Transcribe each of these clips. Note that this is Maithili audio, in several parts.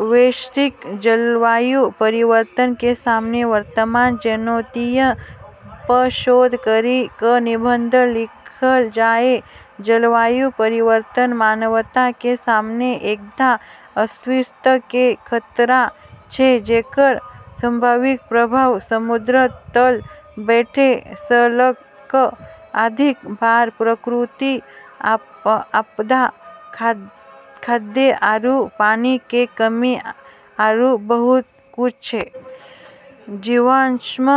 वैश्विक जलवायु परिवर्तन के सामने वर्तमान चुनौतिय प शोध करी क निबंध लिखल जाय जलवायु परिवर्तन मानवता के सामने एकटा अस्तित्व के खतरा छै, जेकर संभावित प्रभाव समुद्र तल बढ़ै स ल क अधिक बार प्राकृतिक आपदा, खाद्य आरू पानी के कमी, आरू बहुत कुछ छै। जीवाश्म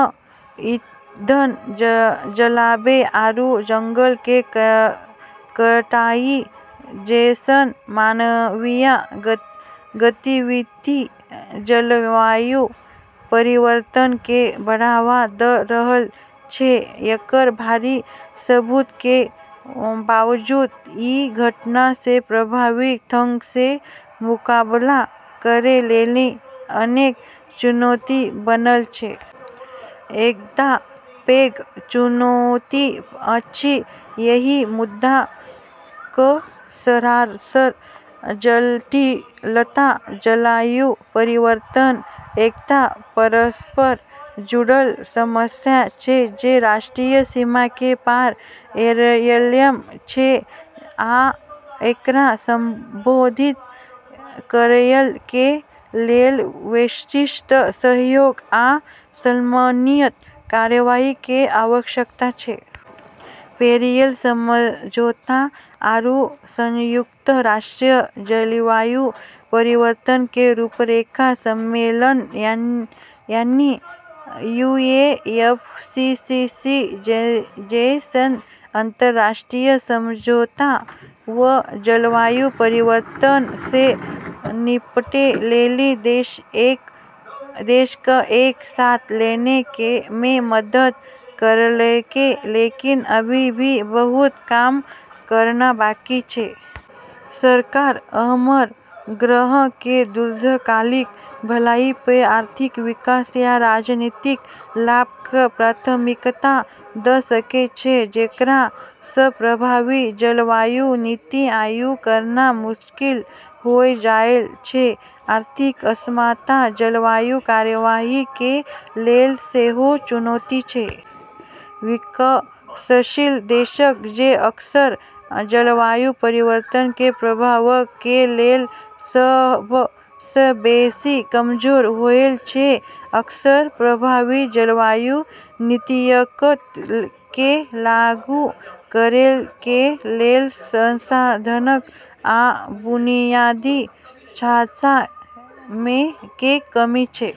ईंधन जलाबै आरू जंगल के कटाई जैसन मानवीय गतिविधि जलवायु परिवर्तन क बढ़ावा द रहल छै। एकर भारी सबूत के बावजूद, ई घटना स प्रभावी ढंग स मुकाबला करै लेली अनेक चुनौती बनल छै। एकटा पैघ चुनौती अछि एहि मुद्दा क सरासर जटिलता। जलवायु परिवर्तन एकटा परस्पर जुड़ल समस्या छै जे राष्ट्रीय सीमा के पार करएयत छै, आ एकरा संबोधित करएय के लेल वैश्विक सहयोग आ समन्वित कार्यवाही के आवश्यकता छै। पेरिस समझौता आरू संयुक्त राष्ट्र जलवायु परिवर्तन के रूपरेखा सम्मेलन यानी यूएनएफसीसीसी जैसन अंतर्राष्ट्रीय समझौता न जलवायु परिवर्तन स निपटै लेली देश क एक साथ लानै मे मदद करलकै, लेकिन अभी भी बहुत काम करना बाकी छै। सरकार हमर ग्रह के दीर्घकालिक भलाई प आर्थिक विकास या राजनीतिक लाभ क प्राथमिकता द सकै छै, जेकरा स प्रभावी जलवायु नीति लागू करना मुश्किल होय जाय छै। आर्थिक असमानता जलवायु कार्यवाही के लेल सेहो चुनौती छै। विकासशील देशक, जे अक्सर जलवायु परिवर्तन के प्रभावक के लेल सब सं बेसि कमजोर होयत छै, अक्सर प्रभावी जलवायु नीतियक के लागू करय के लेल संसाधनक आ बुनियादी ढाँचा के कमी छै।